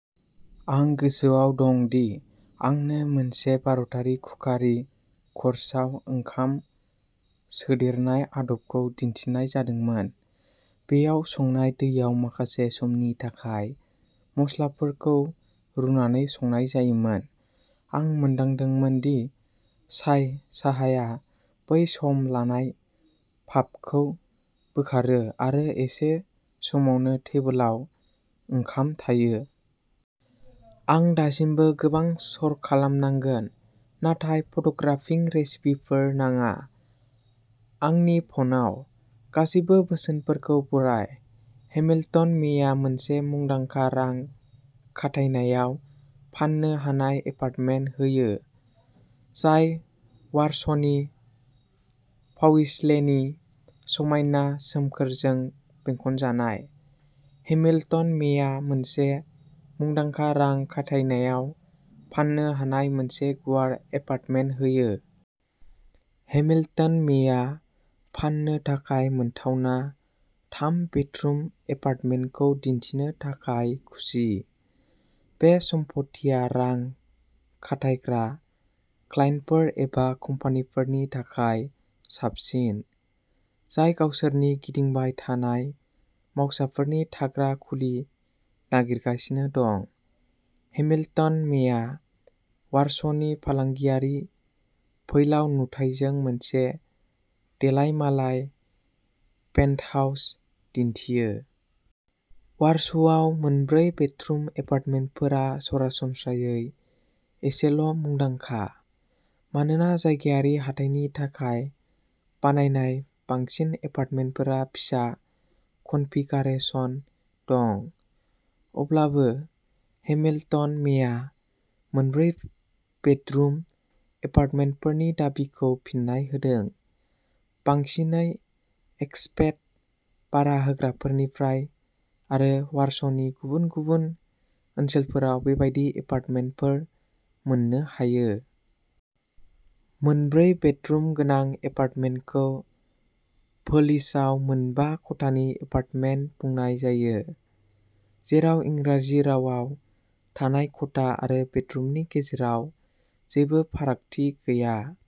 आं गोसोआव दं दि, आंनो मोनसे भारतारि कुकारि कर्सआव ओंखाम सोदेरनाय आदबखौ दिन्थिनाय जादोंमोन। बेयाव संनाय दैयाव माखासे समनि थाखाय मस्लाफोरखौ रुनानै संनाय जायोमोन। आं मोनदांदोंमोन दि चाय साहाया बै सम लानाय फाफखौ बोखारो आरो एसे समावनो टेबोलाव ओंखाम थायो। आं दासिमबो गोबां सर'खालामनांगोन, नाथाय फट'ग्राफिं रेसिपिफोर नाङा। आंनि फ'नाव। गासैबो बोसोनफोरखौ बराय! हेमिल्टन मेया मोनसे मुंदांखा रां खाथायनायाव फान्नो हानाय एपार्टमेन्ट होयो, जाय वारस'नि पाविस्लेनि समायना सोमखोरजों बेंखनजानाय। हेमिल्टन मेया मोनसे मुंदांखा रां खाथायनायाव फान्नो हानाय मोनसे गुवार एपार्टमेन्ट होयो। हेमिल्टन मेया फान्नो थाखाय मोनथावना थाम बेडरुम एपार्टमेन्टखौ दिन्थिनो थाखाय खुसि। बे सम्फथिया रां खाथायग्रा क्लाइन्टफोर एबा कम्पानिफोरनि थाखाय साबसिन, जाय गावसोरनि गिदिंबाय थानाय मावसाफोरनि थाग्रा खुलि नागिरगासिनो दं। हेमिल्टन मेआ वारस'नि फालांगियारि फैलाव नुथायजों मोनसे देलायमालाय पेन्टहाउस दिन्थियो। वारस'आव मोनब्रै बेडरुम एपार्टमेन्टफोरा सरासनस्रायै एसेल'मुंदांखा, मानोना जायगायारि हाथाइनि थाखाय बानायनाय बांसिन एपार्टमेन्टफोरा फिसा कनफिगारेशन दं। अब्लाबो, हेमिल्टन मेआ मोनब्रै बेडरुम एपार्टमेन्टफोरनि दाबिखौ फिन्नाय होदों, बांसिनै एक्सपेट भारा होग्राफोरनिफ्राय, आरो वारस'नि गुबुन गुबुन ओनसोलफोराव बेबादि एपार्टमेन्टफोर मोननो हायो। मोनब्रै बेडरुम गोनां एपार्टमेन्टखौ पोलिशआव मोनबा खथानि एपार्टमेन्ट बुंनाय जायो, जेराव इंराजि रावाव थानाय खथा आरो बेडरुमनि गेजेराव जेबो फारागथि गैया।